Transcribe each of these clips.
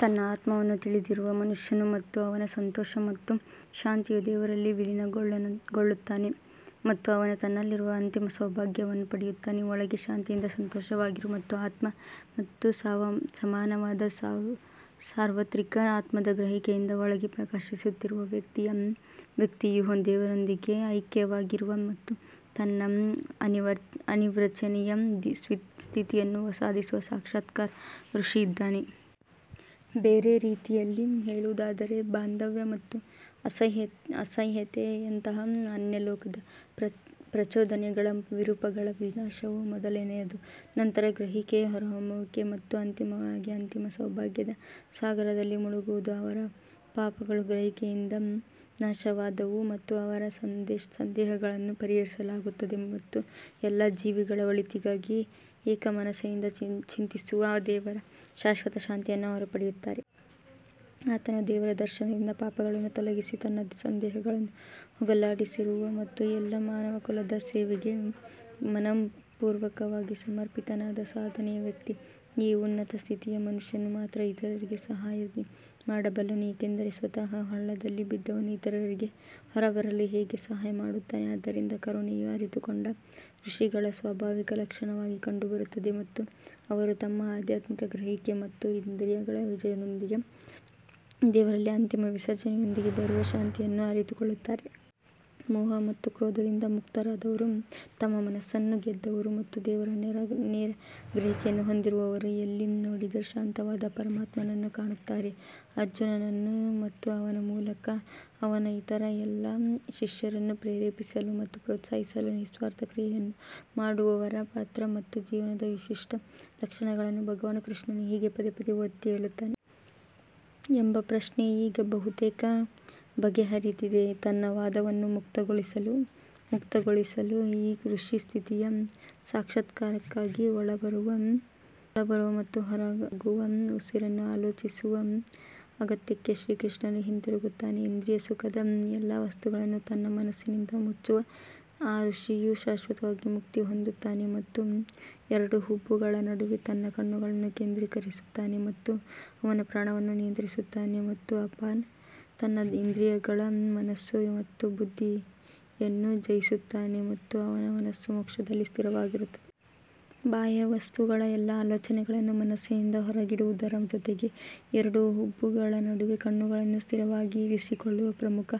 ತನ್ನ ಆತ್ಮವನ್ನು ತಿಳಿದಿರುವ ಮನುಷ್ಯನು ಮತ್ತು ಅವನ ಸಂತೋಷ ಮತ್ತು ಶಾಂತಿಯು ದೇವರಲ್ಲಿ ವಿಲೀನಗೊಳ್ಳುತ್ತಾನೆ ಮತ್ತು ಅವನು ತನ್ನಲ್ಲಿರುವ ಅಂತಿಮ ಸೌಭಾಗ್ಯವನ್ನು ಪಡೆಯುತ್ತಾನೆ. ಒಳಗೆ ಶಾಂತಿಯಿಂದ ಸಂತೋಷವಾಗಿರುವ ಮತ್ತು ಆತ್ಮ ಮತ್ತು ಸಮಾನವಾದ ಸಾರ್ವತ್ರಿಕ ಆತ್ಮದ ಗ್ರಹಿಕೆಯಿಂದ ಒಳಗೆ ಪ್ರಕಾಶಿಸುತ್ತಿರುವ ವ್ಯಕ್ತಿಯು ದೇವರೊಂದಿಗೆ ಐಕ್ಯವಾಗಿರುವ ಮತ್ತು ತನ್ನ ಅನಿರ್ವಚನೀಯ ಸ್ಥಿತಿಯನ್ನು ಸಾಧಿಸುವ ಸಾಕ್ಷಾತ್ಕಾರ ಋಷಿಯಾಗಿದ್ದಾನೆ. ಬೇರೆ ರೀತಿಯಲ್ಲಿ ಹೇಳುವುದಾದರೆ, ಬಾಂಧವ್ಯ ಮತ್ತು ಅಸಹ್ಯತೆಯಂತಹ ಅನ್ಯಲೋಕದ ಪ್ರಚೋದನೆಗಳ ವಿರೂಪಗಳ ವಿನಾಶವು ಮೊದಲನೆಯದು, ನಂತರ ಗ್ರಹಿಕೆಯ ಹೊರಹೊಮ್ಮುವಿಕೆ ಮತ್ತು ಅಂತಿಮವಾಗಿ ಅಂತಿಮ ಸೌಭಾಗ್ಯದ ಸಾಗರದಲ್ಲಿ ಮುಳುಗುವುದು. ಅವರ ಪಾಪಗಳು ಗ್ರಹಿಕೆಯಿಂದ ನಾಶವಾದವು ಮತ್ತು ಅವರ ಸಂದೇಹಗಳನ್ನು ಪರಿಹರಿಸಲಾಗುತ್ತದೆ ಮತ್ತು ಎಲ್ಲಾ ಜೀವಿಗಳ ಒಳಿತಿಗಾಗಿ ಏಕ ಮನಸ್ಸಿನಿಂದ ಚಿಂತಿಸುವ ದೇವರ ಶಾಶ್ವತ ಶಾಂತಿಯನ್ನು ಅವರು ಪಡೆಯುತ್ತಾರೆ. ಆತನು ದೇವರ ದರ್ಶನದಿಂದ ಪಾಪಗಳನ್ನು ತೊಲಗಿಸಿ ತನ್ನ ಸಂದೇಹಗಳನ್ನು ಹೋಗಲಾಡಿಸಿರುವ ಮತ್ತು ಎಲ್ಲ ಮಾನವಕುಲದ ಸೇವೆಗೆ ಮನಃಪೂರ್ವಕವಾಗಿ ಸಮರ್ಪಿತನಾದ ಸಾಧನೆಯ ವ್ಯಕ್ತಿ. ಈ ಉನ್ನತ ಸ್ಥಿತಿಯ ಮನುಷ್ಯನು ಮಾತ್ರ ಇತರರಿಗೆ ಸಹಾಯ ಮಾಡಬಲ್ಲನು ಏಕೆಂದರೆ ಸ್ವತಃ ಹಳ್ಳದಲ್ಲಿ ಬಿದ್ದವನು ಇತರರಿಗೆ ಹೊರಬರಲು ಹೇಗೆ ಸಹಾಯ ಮಾಡುತ್ತಾನೆ ಆದ್ದರಿಂದ ಕರುಣೆಯು ಅರಿತುಕೊಂಡ ಋಷಿಗಳ ಸ್ವಾಭಾವಿಕ ಲಕ್ಷಣವಾಗಿ ಕಂಡುಬರುತ್ತದೆ ಮತ್ತು ಅವರು ತಮ್ಮ ಆಧ್ಯಾತ್ಮಿಕ ಗ್ರಹಿಕೆ ಮತ್ತು ಇಂದ್ರಿಯಗಳ ವಿಜಯದೊಂದಿಗೆ ದೇವರಲ್ಲಿ ಅಂತಿಮ ವಿಸರ್ಜನೆಯೊಂದಿಗೆ ಬರುವ ಶಾಂತಿಯನ್ನು ಅರಿತುಕೊಳ್ಳುತ್ತಾರೆ. ಮೋಹ ಮತ್ತು ಕ್ರೋಧದಿಂದ ಮುಕ್ತರಾದವರು ತಮ್ಮ ಮನಸ್ಸನ್ನು ಗೆದ್ದವರು ಮತ್ತು ದೇವರ ನೇರ ಗ್ರಹಿಕೆಯನ್ನು ಹೊಂದಿರುವವರು ಎಲ್ಲಿ ನೋಡಿದರೂ ಶಾಂತವಾದ ಪರಮಾತ್ಮನನ್ನು ಕಾಣುತ್ತಾರೆ. ಅರ್ಜುನನನ್ನು ಮತ್ತು ಅವನ ಮೂಲಕ ಅವನ ಇತರ ಎಲ್ಲ ಶಿಷ್ಯರನ್ನು ಪ್ರೇರೇಪಿಸಲು ಮತ್ತು ಪ್ರೋತ್ಸಾಹಿಸಲು ನಿಸ್ವಾರ್ಥ ಕ್ರಿಯೆಯನ್ನು ಮಾಡುವವರ ಪಾತ್ರ ಮತ್ತು ಜೀವನದ ವಿಶಿಷ್ಟ ಲಕ್ಷಣಗಳನ್ನು ಭಗವಾನ್ ಕೃಷ್ಣನು ಹೀಗೆ ಪದೇ ಪದೇ ಒತ್ತಿಹೇಳುತ್ತಾನೆ. ಎಂಬ ಪ್ರಶ್ನೆ ಈಗ ಬಹುತೇಕ ಬಗೆಹರಿದಿದೆ ತನ್ನ ವಾದವನ್ನು ಮುಕ್ತಾಯಗೊಳಿಸಲು, ಈ ಋಷಿ ಸ್ಥಿತಿಯ ಸಾಕ್ಷಾತ್ಕಾರಕ್ಕಾಗಿ ಒಳಬರುವ ಮತ್ತು ಹೊರಹೋಗುವ ಉಸಿರನ್ನು ಆಲೋಚಿಸುವ ಅಗತ್ಯಕ್ಕೆ ಶ್ರೀಕೃಷ್ಣನು ಹಿಂತಿರುಗುತ್ತಾನೆ. ಇಂದ್ರಿಯ ಸುಖದ ಎಲ್ಲಾ ವಸ್ತುಗಳನ್ನು ತನ್ನ ಮನಸ್ಸಿನಿಂದ ಮುಚ್ಚುವ ಆ ಋಷಿಯು ಶಾಶ್ವತವಾಗಿ ಮುಕ್ತಿ ಹೊಂದುತ್ತಾನೆ ಮತ್ತು ಎರಡು ಹುಬ್ಬುಗಳ ನಡುವೆ ತನ್ನ ಕಣ್ಣುಗಳನ್ನು ಕೇಂದ್ರೀಕರಿಸುತ್ತಾನೆ ಮತ್ತು ಅವನ ಪ್ರಾಣವನ್ನು ನಿಯಂತ್ರಿಸುತ್ತಾನೆ ಮತ್ತು ಅಪಾನ್ ತನ್ನ ಇಂದ್ರಿಯಗಳ ಮನಸ್ಸು ಮತ್ತು ಬುದ್ಧಿಯನ್ನು ಜಯಿಸುತ್ತಾನೆ ಮತ್ತು ಅವನ ಮನಸ್ಸು ಮೋಕ್ಷದಲ್ಲಿ ಸ್ಥಿರವಾಗಿರುತ್ತದೆ. ಬಾಹ್ಯ ವಸ್ತುಗಳ ಎಲ್ಲಾ ಆಲೋಚನೆಗಳನ್ನು ಮನಸ್ಸಿನಿಂದ ಹೊರಗಿಡುವುದರ ಜೊತೆಗೆ ಎರಡು ಹುಬ್ಬುಗಳ ನಡುವೆ ಕಣ್ಣುಗಳನ್ನು ಸ್ಥಿರವಾಗಿ ಇರಿಸಿಕೊಳ್ಳುವ ಪ್ರಮುಖ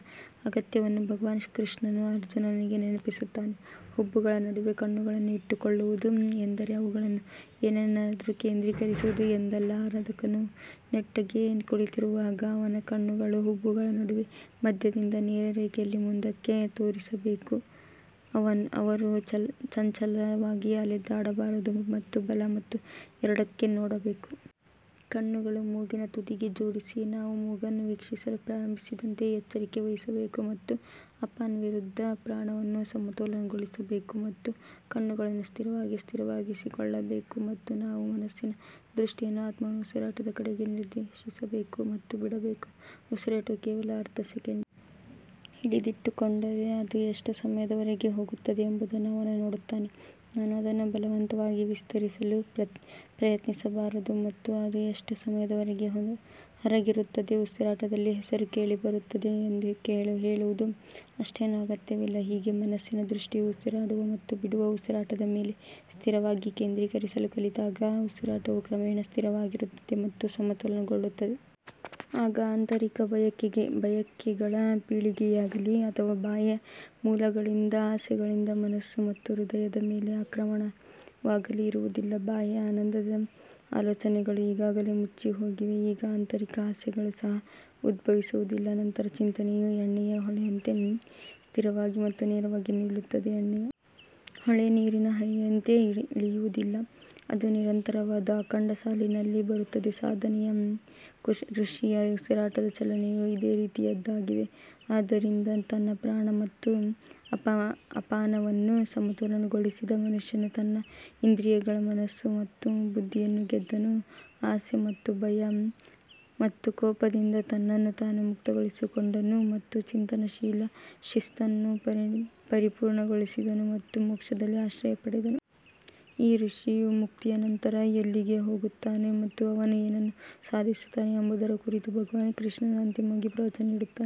ಅಗತ್ಯವನ್ನು ಭಗವಾನ್ ಕೃಷ್ಣನು ಅರ್ಜುನನಿಗೆ ನೆನಪಿಸುತ್ತಾನೆ. ಹುಬ್ಬುಗಳ ನಡುವೆ ಕಣ್ಣುಗಳನ್ನು ಇಟ್ಟುಕೊಳ್ಳುವುದು ಎಂದರೆ ಅವುಗಳನ್ನು ಏನನ್ನಾದರೂ ಕೇಂದ್ರೀಕರಿಸುವುದು ಎಂದಲ್ಲ ಆರಾಧಕನು ನೆಟ್ಟಗೆ ಕುಳಿತಿರುವಾಗ ಅವನ ಕಣ್ಣುಗಳು ಹುಬ್ಬುಗಳ ನಡುವಿನ ಮಧ್ಯದಿಂದ ನೇರ ರೇಖೆಯಲ್ಲಿ ಮುಂದಕ್ಕೆ ತೋರಿಸಬೇಕು, ಅವರು ಚಂಚಲವಾಗಿ ಅಲೆದಾಡಬಾರದು ಮತ್ತು ಬಲ ಮತ್ತು ಎಡಕ್ಕೆ ನೋಡಬೇಕು. ಕಣ್ಣುಗಳನ್ನು ಮೂಗಿನ ತುದಿಗೆ ಜೋಡಿಸಿ, ನಾವು ಮೂಗನ್ನು ವೀಕ್ಷಿಸಲು ಪ್ರಾರಂಭಿಸದಂತೆ ಎಚ್ಚರಿಕೆ ವಹಿಸಬೇಕು ಮತ್ತು ಅಪಾನ್ ವಿರುದ್ಧ ಪ್ರಾಣವನ್ನು ಸಮತೋಲನಗೊಳಿಸಬೇಕು ಮತ್ತು ಕಣ್ಣುಗಳನ್ನು ಸ್ಥಿರವಾಗಿ ಸ್ಥಿರವಾಗಿರಿಸಿಕೊಳ್ಳಬೇಕು ಮತ್ತು ನಾವು ಮನಸ್ಸಿನ ದೃಷ್ಟಿಯನ್ನು ಆತ್ಮವನ್ನು ಉಸಿರಾಟದ ಕಡೆಗೆ ನಿರ್ದೇಶಿಸಬೇಕು ಮತ್ತು ಬಿಡಬೇಕು. ಉಸಿರಾಟವು ಕೇವಲ ಅರ್ಧ ಸೆಕೆಂಡಿಗೆ ಹಿಡಿದಿಟ್ಟುಕೊಂಡರೆ ಅದು ಎಷ್ಟು ಸಮಯದವರೆಗೆ ಹೋಗುತ್ತದೆ ಎಂಬುದನ್ನು ಅವನು ನೋಡುತ್ತಾನೆ, ನಾವು ಅದನ್ನು ಬಲವಂತವಾಗಿ ವಿಸ್ತರಿಸಲು ಪ್ರಯತ್ನಿಸಬಾರದು ಮತ್ತು ಅದು ಎಷ್ಟು ಸಮಯದವರೆಗೆ ಹೊರಗಿರುತ್ತದೆ ಉಸಿರಾಟದಲ್ಲಿ ಹೆಸರು ಕೇಳಿಬರುತ್ತದೆ ಎಂದು ಹೇಳುವುದು ಅಷ್ಟೇನೂ ಅಗತ್ಯವಿಲ್ಲ ಹೀಗೆ ಮನಸ್ಸಿನ ದೃಷ್ಟಿಯು ಉಸಿರಾಡುವ ಮತ್ತು ಬಿಡುವ ಉಸಿರಾಟದ ಮೇಲೆ ಸ್ಥಿರವಾಗಿ ಕೇಂದ್ರೀಕರಿಸಲು ಕಲಿತಾಗ, ಉಸಿರಾಟವು ಕ್ರಮೇಣ ಸ್ಥಿರವಾಗಿರುತ್ತದೆ ಮತ್ತು ಸಮತೋಲನಗೊಳ್ಳುತ್ತದೆ. ಆಗ ಆಂತರಿಕ ಬಯಕೆಗಳ ಪೀಳಿಗೆಯಾಗಲೀ ಅಥವಾ ಬಾಹ್ಯ ಮೂಲಗಳಿಂದ ಆಸೆಗಳಿಂದ ಮನಸ್ಸು ಮತ್ತು ಹೃದಯದ ಮೇಲೆ ಆಕ್ರಮಣವಾಗಲೀ ಇರುವುದಿಲ್ಲ. ಬಾಹ್ಯ ಆನಂದದ ಆಲೋಚನೆಗಳು ಈಗಾಗಲೇ ಮುಚ್ಚಿಹೋಗಿವೆ ಈಗ ಆಂತರಿಕ ಆಸೆಗಳು ಸಹ ಉದ್ಭವಿಸುವುದಿಲ್ಲ ನಂತರ ಚಿಂತನೆಯು ಎಣ್ಣೆಯ ಹೊಳೆಯಂತೆ ಸ್ಥಿರವಾಗಿ ಮತ್ತು ನೇರವಾಗಿ ನಿಲ್ಲುತ್ತದೆ ಎಣ್ಣೆಯ ಹೊಳೆ ನೀರಿನ ಹನಿಯಂತೆ ಇಳಿಯುವುದಿಲ್ಲ, ಅದು ನಿರಂತರವಾದ ಅಖಂಡ ಸಾಲಿನಲ್ಲಿ ಬರುತ್ತದೆ ಸಾಧನೆಯ ಋಷಿಯ ಉಸಿರಾಟದ ಚಲನೆಯು ಇದೇ ರೀತಿಯದ್ದಾಗಿದೆ ಆದ್ದರಿಂದ ತನ್ನ ಪ್ರಾಣ ಮತ್ತು ಅಪಾನವನ್ನು ಸಮತೋಲನಗೊಳಿಸಿದ ಮನುಷ್ಯನು ತನ್ನ ಇಂದ್ರಿಯಗಳ ಮನಸ್ಸು ಮತ್ತು ಬುದ್ಧಿಯನ್ನು ಗೆದ್ದನು ಆಸೆ ಮತ್ತು ಭಯ ಮತ್ತು ಕೋಪದಿಂದ ತನ್ನನ್ನು ತಾನು ಮುಕ್ತಗೊಳಿಸಿಕೊಂಡನು ಮತ್ತು ಚಿಂತನಶೀಲ ಶಿಸ್ತನ್ನು ಪರಿಪೂರ್ಣಗೊಳಿಸಿದನು ಮತ್ತು ಮೋಕ್ಷದಲ್ಲಿ ಆಶ್ರಯ ಪಡೆದನು. ಈ ಋಷಿಯು ಮುಕ್ತಿಯ ನಂತರ ಎಲ್ಲಿಗೆ ಹೋಗುತ್ತಾನೆ ಮತ್ತು ಅವನು ಏನನ್ನು ಸಾಧಿಸುತ್ತಾನೆ ಎಂಬುದರ ಕುರಿತು ಭಗವಾನ್ ಕೃಷ್ಣನು ಅಂತಿಮವಾಗಿ ಪ್ರವಚನ ನೀಡುತ್ತಾನೆ.